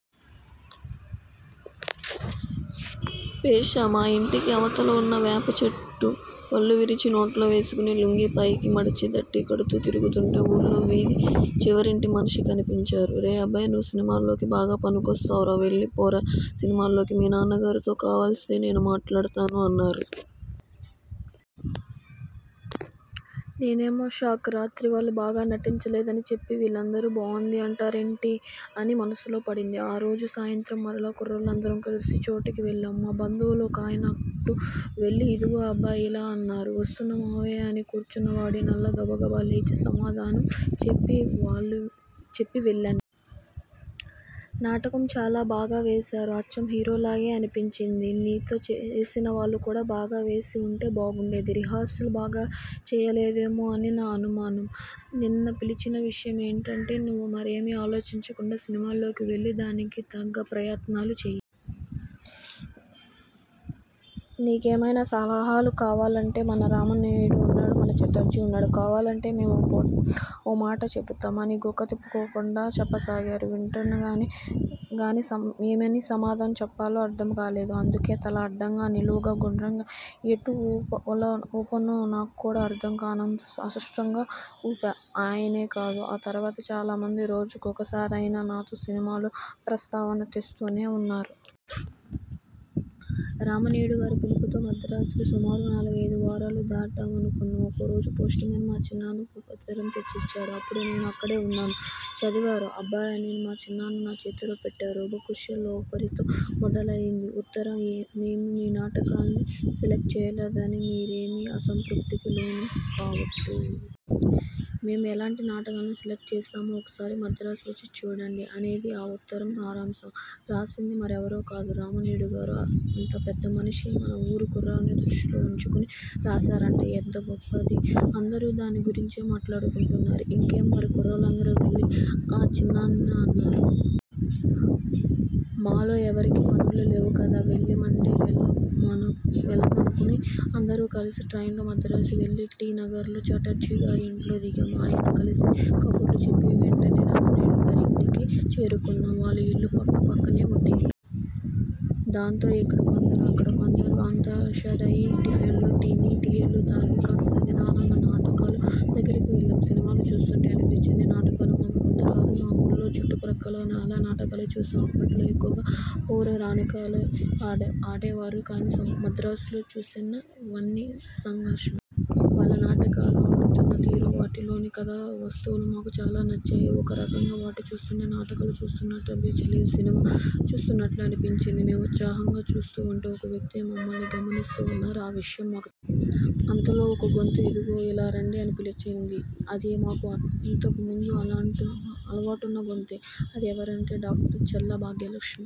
వేశా, మా ఇంటికి అవతల ఉన్న వేపచెట్టు పుల్ల విరిచి నోట్లో వేసుకుని, లుంగీ పైకి మడిచి దట్టీ కడుతూ తిరుగుతుంటే, ఊళ్లో వీధి చివరింటి మనిషి కనిపించారు. రేయ్ అబ్బాయ్ నువ్వు సినిమాల్లోకి బాగా పనికొస్తావురా వెళ్లి పోరా సినిమాల్లోకి. మీ నాన్న గారితో కావలిస్తే నేను మాట్లాడుతాను అన్నారు. నేనేమో షాక్. రాత్రి వాళ్లు బాగా నటించలేదని చె పి, వీళ్లందరూ బావుంది అంటారేంటి? అని మనసులో పడింది. ఆ రోజు సాయంథ్రామ్ మరలా కుర్రాళ్లందరూ కలిసే చోటికి వెళ్లా. మా బంధువుల్లో ఒకాయన అటుగా వెలి 'ఇదిగో అబ్బాయ్ ఇలా రా అన్నారు. వస్తున్నా మావయ్యా అని కూర్చున్నవాడి నల్లా గబగబా లేచి సమాధానం చె పి వెళ్లా ను నాటకం చాలా బాగా వేశారు. అచ్చం హీరోలాగే అనిపించింధి. నీతో వేసిన వాళ్ళు కూడా బాగా చేసి ఉంటే బావుండేది. రిహార్సల్స్ బాగా చేయలేదేమోనని నా అనుమానం. నిన్ను పిలిచిన విషయం ఏంటంటే, నువ్వు మరేమీ ఆలోచించకుండా సినిమాల్లోకి వెళ్లు. దానికి తగ్గ ప్రయత్నాలన్నీ చెయ్యి. నీకెమైనా సలహాలు కావాలంటే మన రామినీడు ఉన్నాడు, మన ఛటర్జీ ఉన్నాడు కావాలంటే మేమూ ఓ మాట చెబుతాం అని గుక్క తిప్పుకోకుండా చెప్పసాగారు. వింటున్నానే కానీ, ఏమని సమాధానం చెప్పాలో అర్థం కాలేదు. అందుకే తల అడ్డంగా, నిలువుగా, గుండ్రంగా ఎటు ఊపానో నాక్కూడా అర్థం కానంత అస్పష్టంగా ఊపా ఆయనే కాదు ఆ తర్వాత చాలా మంది రోజుకు ఒక్క సారైనా నాతో సినిమా లు ప్రస్తావన తెస్తూనే ఉన్నారు. రామినీడు గారి పిలుపుతో మద్రాసుకి సుమారు నాలుగైదు వారాలు దాటాయనుకుంటా. ఒకరోజు పోస్టుమేన్ మా చిన్నాన్నకు ఒక ఉత్తరం తెచ్చిచ్చాడు. అప్పుడు నేను అక్కడే ఉన్నా. చదువురా అబ్బాయి అని మా చిన్నాన్న నా చేతిలో పెట్టారు ఉత్తరం. ఉభయకుశ లోపరితో మొదలైంది ఉత్తరం.మేం మీ నాటకాలను సెలక్ట్ చేయట్లేదని మీరేమీ అసంతృప్తికి లోను కావద్దు. మేం ఎలాంటి నాటకాలు సెలక్ట్ చేస్తామో ఒకసారి మద్రాసు వచ్చి చూడండి అనేది ఆ ఉత్తరం సారాంశం. రాసింది మరెవరో కాదు రామినీడుగారు అంత పెద్ద మనిషి మన ఊరి కుర్రాళ్లను దృష్టిలో ఉంచుకుని రాశారంటే ఎంతగొప్ప. అందరూ దాని గురించే మాట్లాడుకుంటున్నారు. ఇంకేం మరి కుర్రాళ్లందరూ వెళ్లండి అని చిన్నాన్న అన్నారు. మాలో ఎవరికీ పనులు లేవు కదా వెళ్దా మంటే వెళ్దా మనుకుని అందరం కలిసి ట్రైన్లో మద్రాసు వెళ్లాం. టీ నగర్లో ఛటర్జీ గారి ఇంట్లో దిగాం. ఆయన్ని కలిసి కబుర్లు చెప్పి, వెంటనే రామినీడు గారి ఇంటికి చేరుకున్నాం. వాళ్ల ఇళ్లు పక్క పక్కనే ఉండేవి. దాంతో ఇక్కడ కొందరు, అక్కడ కొందరూ అంతా ఫ్రెష్ అయి టిఫిన్లు తిని, కాఫీలు తాగి, కాస్త నిదానంగా నాటకాల దగ్గరకు వెళ్లాం. సినిమా చూసినట్టే అనిపించింది నాటకాలు మాకు కొత్తకాదు. మా ఊళ్లో, చుట్టు పక్కలా చాలా నాటకాలే చూశాం. అప్పట్లో ఎక్కువగా పౌరాణికాలే ఆడేవారు కానీ మద్రాసులో చూసిన వన్నీ సాంబాషానా. వాళ్లు నాటకాలు ఆడుతున్న తీరు, వాటిలోని కథా వస్తువులు మాకు చాలా నచ్చాయి. ఒక రకంగా వాటిని చూస్తుంటే నాటకాలు చూసినట్టు అనిపించ లేదు. సినిమా చూసినట్టు అనిపించింది. మేం ఉత్సాహంగా చూస్తూ ఉంటే ఒక వ్యక్తి మమ్మల్నే గమనిస్తూ ఉన్నారు. ఆవిషయం మాకు. అంతలో ఒక గొంతు ఇదిగో ఇలా రండి అని పిలిచింది. అది మాకు అంతకు ముందు అలవాటున్న గొంతే. అది ఎవరిదంటే డా. చల్లా భాగ్యలక్ష్మి